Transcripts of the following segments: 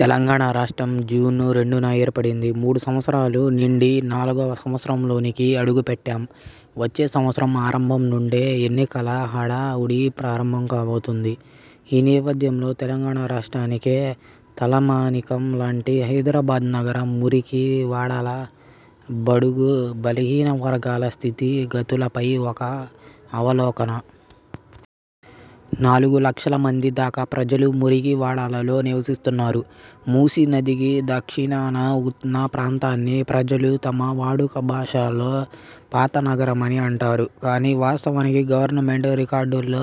తెలంగాణ రాష్ట్రం, జూన్ రెండున ఏర్పడింది. మూడు సంవత్సరాలు నిండి, నాలుగవ సంవత్సరంలోకి అడుగు పెట్టాం. వచ్చే సంవత్సరం ఆరంభం నుండే ఎన్నికల హడా వుడి ప్రారంభం కాబోతోంది. ఈ నేపథ్యంలో తెలంగాణ రాష్ట్రానికే తల మానికం లాంటి హైదరాబాద్ నగర మురికి వాడల, బడుగు, బలహీన వర్గాల స్థితి గతులపై ఒక అవలోకన. నాలుగు లక్షల మంది దాకా ప్రజలు మురికి వాడలలో నివసిస్తున్నారు. మూసీ నదికి దక్షిణాన ఉన్న ప్రాంతాన్ని ప్రజలు తమ వాడుక భాషలో పాత నగరం అని అంటారు కానీ వాస్తవానికి గవర్నమెంట్ రికార్డుల్లో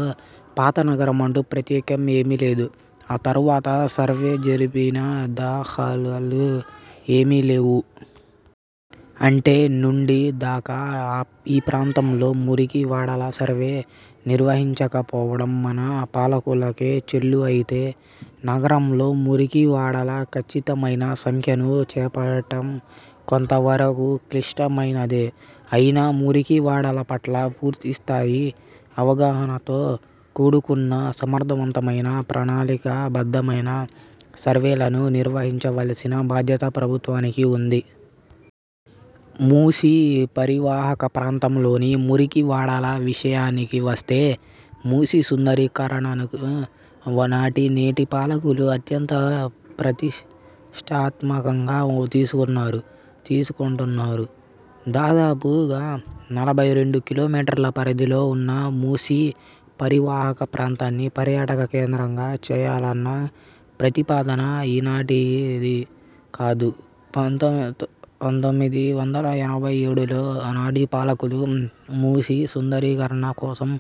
పాత నగరం అంటూ ప్రత్యేకం ఏమీ లేదు. ఆ తర్వాత సర్వే జరిపిన దాఖలాలు ఏమీ లేవు. అంటే నుండి దాకా ఈ ప్రాంతాల్లో మురికి వాడల సర్వే నిర్వహించక పోవటం మన పాలకులకే చెల్లు. ఐతే, నగరంలో మురికి వాడల ఖచ్చితమైన సంఖ్యను చెప్పటం కొంత వరకు క్లిష్ట మైనదే. ఐనా, మురికివాడల పట్ల పూర్తి స్థాయి అవగాహనతో కూడుకున్న సమర్థవంతమైన, ప్రణాళికా బద్ధమైన సర్వేలను నిర్వహించవలసిన బాధ్యత ప్రభుత్వానికి ఉంది. మూసీ పరివాహక ప్రాంతంలోని మురికి వాడల విషయానికి వస్తే, మూసీ సుందరీ కరణను నాటి నేటి పాలకులు అత్యంత ప్రతిష్ఠాత్మకంగా తీసుకున్నారు, తీసుకుంటున్నారు. దాదాపుగా నలభై రెండు కిలోమీటర్ల పరిధిలో ఉన్న మూసీ పరివాహక ప్రాంతాన్ని పర్యాటక కేంద్రంగా చెయ్యాలన్న ప్రతిపాదన ఈనాటిది కాదు. పంతొమ్మిది వందల ఎనభై ఏడులో ఆనాటి పాలకులు మూసీ సుందరీకరణ కోసం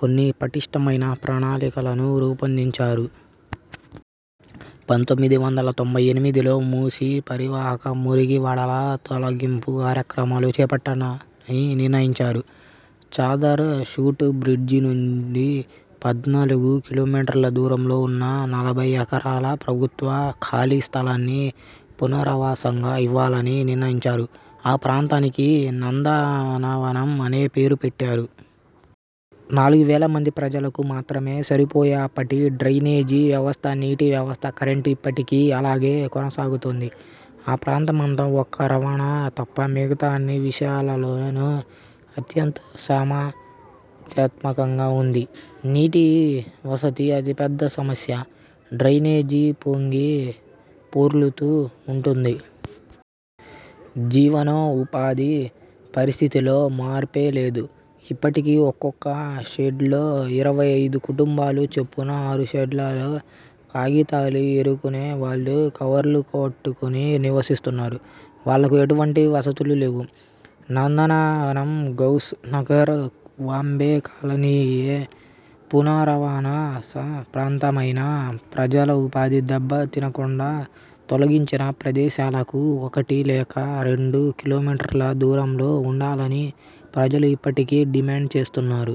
కొన్ని పటిష్టమైన ప్రణాళికలను రూపొందించారు. పంతొమ్మిది వందల తొంభై ఎనిమిదిలో మూసీ పరివాహక మురికి వాడల తొలగింపు కార్యక్రమాలు చేపట్టాలని నిర్ణయించారు. చాదర్ ఘాట్ బ్రిడ్జి నుండి పద్నాలుగు కిలోమీటర్ల దూరంలో ఉన్న నలభై ఎకరాల ప్రభుత్వ ఖాళీ స్థలాన్ని పునరావాసంగా ఇవ్వాలని నిర్ణయించారు. ఆ ప్రాంతానికి నందనవనం అనే పేరు పెట్టారు. నాలుగు వేల మంది ప్రజలకు మాత్రమే సరిపోయే అప్పటి డ్రైనేజి వ్యవస్థ, నీటి వ్యవస్థ, కరెంటు ఇప్పటికీ అలాగే కొనసాగుతోంది. ఆ ప్రాంతమంతా ఒక్క రవాణా తప్ప మిగతా అన్ని విషయాలలోనూ అత్యంత సమస్యాత్మకంగా ఉంది. నీటి వసతి అతి పెద్ద సమస్య. డ్రైనేజీ పొంగి పొర్లుతూ ఉంటుంది. జీవనో పాధి పరిస్థితిలో మార్పే లేదు. ఇప్పటికీ ఒక్కొక్క షెడ్లో ఇరవై ఐదు కుటుంబాలు చొప్పున ఆరు షెడ్లలో కాగితాలు ఏరుకునే వాళ్ళు కవర్లు కట్టుకొని నివసిస్తున్నారు. వాళ్ళకు ఎటువంటి వసతులు లేవు. నందనవనం, గౌస్ నగర్, వాంబే కాలనీఏ పునరావాస ప్రాంతమైనా ప్రజల ఉపాధి దెబ్బ తినకుండా, తొలగించిన ప్రదేశాలకు ఒకటి లేక రెండు కిలోమీటర్ల దూరంలో ఉండాలని ప్రజలు ఇప్పటికీ డిమాండ్ చేస్తున్నారు.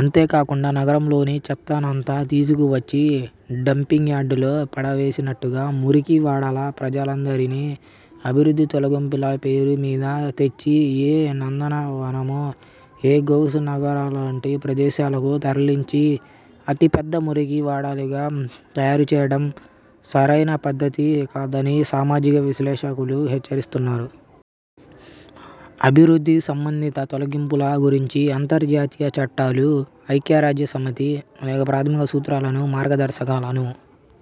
అంతే కాకుండా, నగరంలోని చెత్తనంతా తీసుకు వచ్చి డంపింగ్ యార్డులో పడవేసినట్టుగా మురికి వాడల ప్రజలందరినీ అభివృద్ధి తొలగింపుల పేరు మీద తెచ్చి ఏ నందన వనమో, ఏ గౌస్ నగరోలాంటి ప్రదేశాలకు తరలించి అతి పెద్ద మురికి వాడలుగా తయారు చేయటం సరైన పద్ధతి కాదని సామాజిక విశ్లేషకులు హెచ్చరిస్తున్నారు. అభివృద్ధి సంబంధిత తొలగింపుల గురించి అంతర్జాతీయ చట్టాలూ, ఐక్యరాజ్య సమితి అనేక ప్రాథమిక సూత్రాలను, మార్గదర్శకాలనూ